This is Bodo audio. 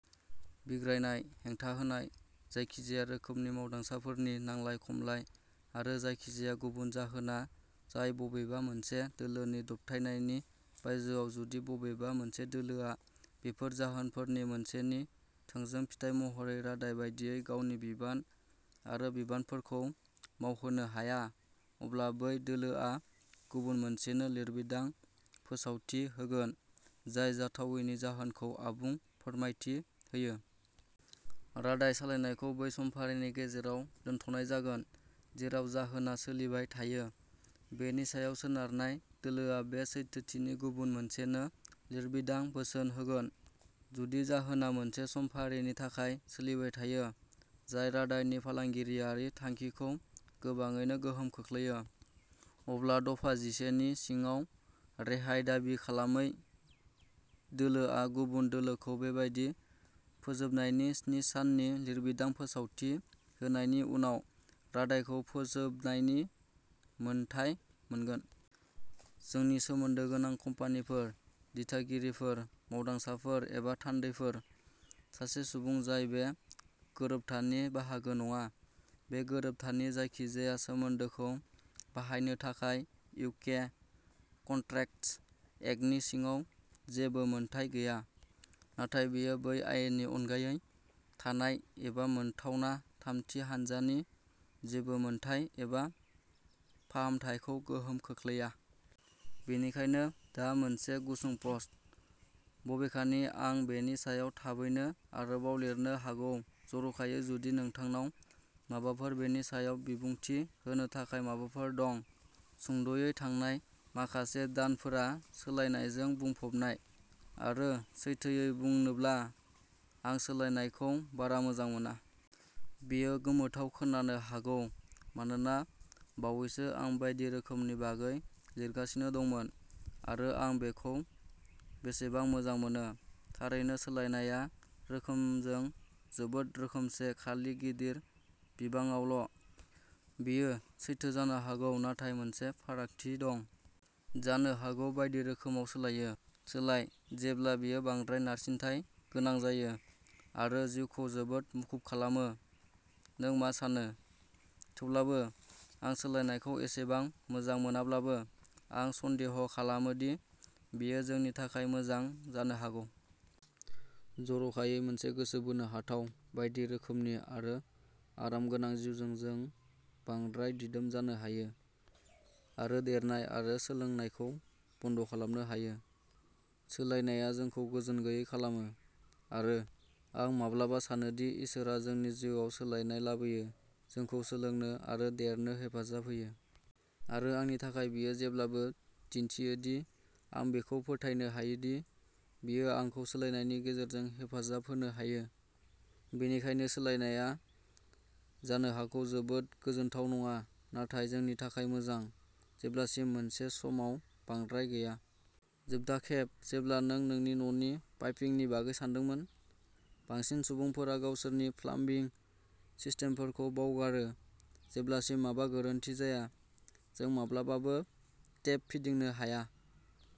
बिग्रायनाय, हेंथा होनाय, जायखिजाया रोखोमनि मावदांसाफोरनि नांलाय-खमलाय आरो जायखिजाया गुबुन जाहोना जाय बबेबा मोनसे दोलोनि दबथायनायनि बायजोआव जुदि बबेबा मोनसे दोलोआ बैफोर जाहोनफोरनि मोनसेनि थोंजों फिथाय महरै रादाय बायदियै गावनि बिबान आरो बिबानफोरखौ मावहोनो हाया अब्ला बै दोलोआ गुबुन मोनसेनो लिरबिदां फोसावथि होगोन जाय जाथावैनि जाहोनखौ आबुं फोरमायथि होयो। रादाय सालायनायखौ बै समफारिनि गेजेराव दोनथ'नाय जागोन जेराव जाहोनआ सोलिबाय थायो। बेनि सायाव सोनारनाय दोलोआ बे सैथोथिनि गुबुन मोनसेनो लिरबिदां बोसोन होगोन। जुदि जाहोनआ मोनसे समफारिनि थाखाय सोलिबाय थायो जाय रादाय नि फालांगियारि थांखिखौ गोबाङैनो गोहोम खोख्लैयो, अब्ला दफा जिसेनि सिङाव रेहाय दाबि खालामै दोलोआ गुबुन दोलोखौ बेबादि फोजोबनायनि स्नि साननि लिरबिदां फोसावथि होनायनि उनाव रादायखौ फोजोबनायनि मोनथाय मोनगोन। जोंनि सोमोन्दो गोनां कम्पानिफोर, दिथागिरिफोर, मावदांसाफोर एबा थान्दैफोर, सासे सुबुं जाय बे गोरोबथानि बाहागो नङा, बे गोरोबथानि जायखिजाया समखोन्दोखौ बाहायनो थाखाय इउके कन्ट्रेक्टस एक्टनि सिङाव जेबो मोनथाय गैया, नाथाय बेयो बै आयेननि अनगायै थानाय एबा मोनथावना थामथि हान्जानि जेबो मोनथाय एबा फाहामथायखौ गोहोम खोख्लैया। बेनिखायनो दा मोनसे गुसुं पस्ट, बबेखानि आं बेनि सायाव थाबैनो आरोबाव लिरनो हागौ-जर'खायै जुदि नोंथांनाव गावनो बेनि सायाव बिबुंथि होनो थाखाय माबाफोर दं। सुंद'यै थांनाय माखासे दानफोरा सोलायनायजों बुंफबनाय, आरो सैथोयै बुंनोब्ला आं सोलायनायखौ बारा मोजां मोना। बेयो गोमोथाव खोनानो हागौ मानोना बावैसो आं बायदि रोखोमनि बागै लिरगासिनो दंमोन आरो आं बेखौ बेसेबां मोजां मोनो। थारैनो सोलायनायआ रोखोमजों जोबोद रोखोमसे खालि गिदिर बिबाङावल' बेयो सैथो जानो हागौ नाथाय मोनसे फारागथि दं। जानो हागौ बायदि रोखोमाव सोलायो। सोलाय जेब्ला बेयो बांद्राय नारसिनथाय गोनां जायो आरो जिउखौ जोबोद मुखुब खालामो। नों मा सानो? थेवब्लाबो, आं सोलायनायखौ एसेबां मोजां मोनाब्लाबो, आं सन्देह’ खालामो दि बेयो जोंनि थाखाय मोजां जानो हागौ। जर'खायै मोनसे गोसो बोनो हाथाव बायदि रोखोमनि आरो आरामगोनां जिउजों जों बांद्राय दिदोम जानो हायो आरो देरनाय आरो सोलोंनायखौ बन्द'खालामनो हायो। सोलायनाया जोंखौ गोजोनगैयै खालामो आरो आं माब्लाबा सानोदि इसोरआ जोंनि जिउआव सोलायनाय लाबोयो जोंखौ सोलोंनो आरो देरनो हेफाजाब होनो। आरो आंनि थाखाय बियो जेब्लाबो दिन्थियो दि आं बिखौ फोथायनो हायो दि बियो आंखौ सोलायनायनि गेजेरजों हेफाजाब होनो हायो। बेनिखायनो सोलायनायआ जानो हागौ जोबोद गोजोनथाव नङा नाथाय जोंनि थाखाय मोजां। जेब्लासिम मोनसे समाव बांद्राय गैया। जोबथा खेब जेब्ला नों नोंनि न'नि पाइपिंनि बागै सानदोंमोन? बांसिन सुबुंफोरा गावसोरनि प्लाम्बिं सिस्टेमफोरखौ बावगारो जेब्लासिम माबा गोरोन्थि जाया। जों माब्लाबाबो टेप फिदिंनो हाया।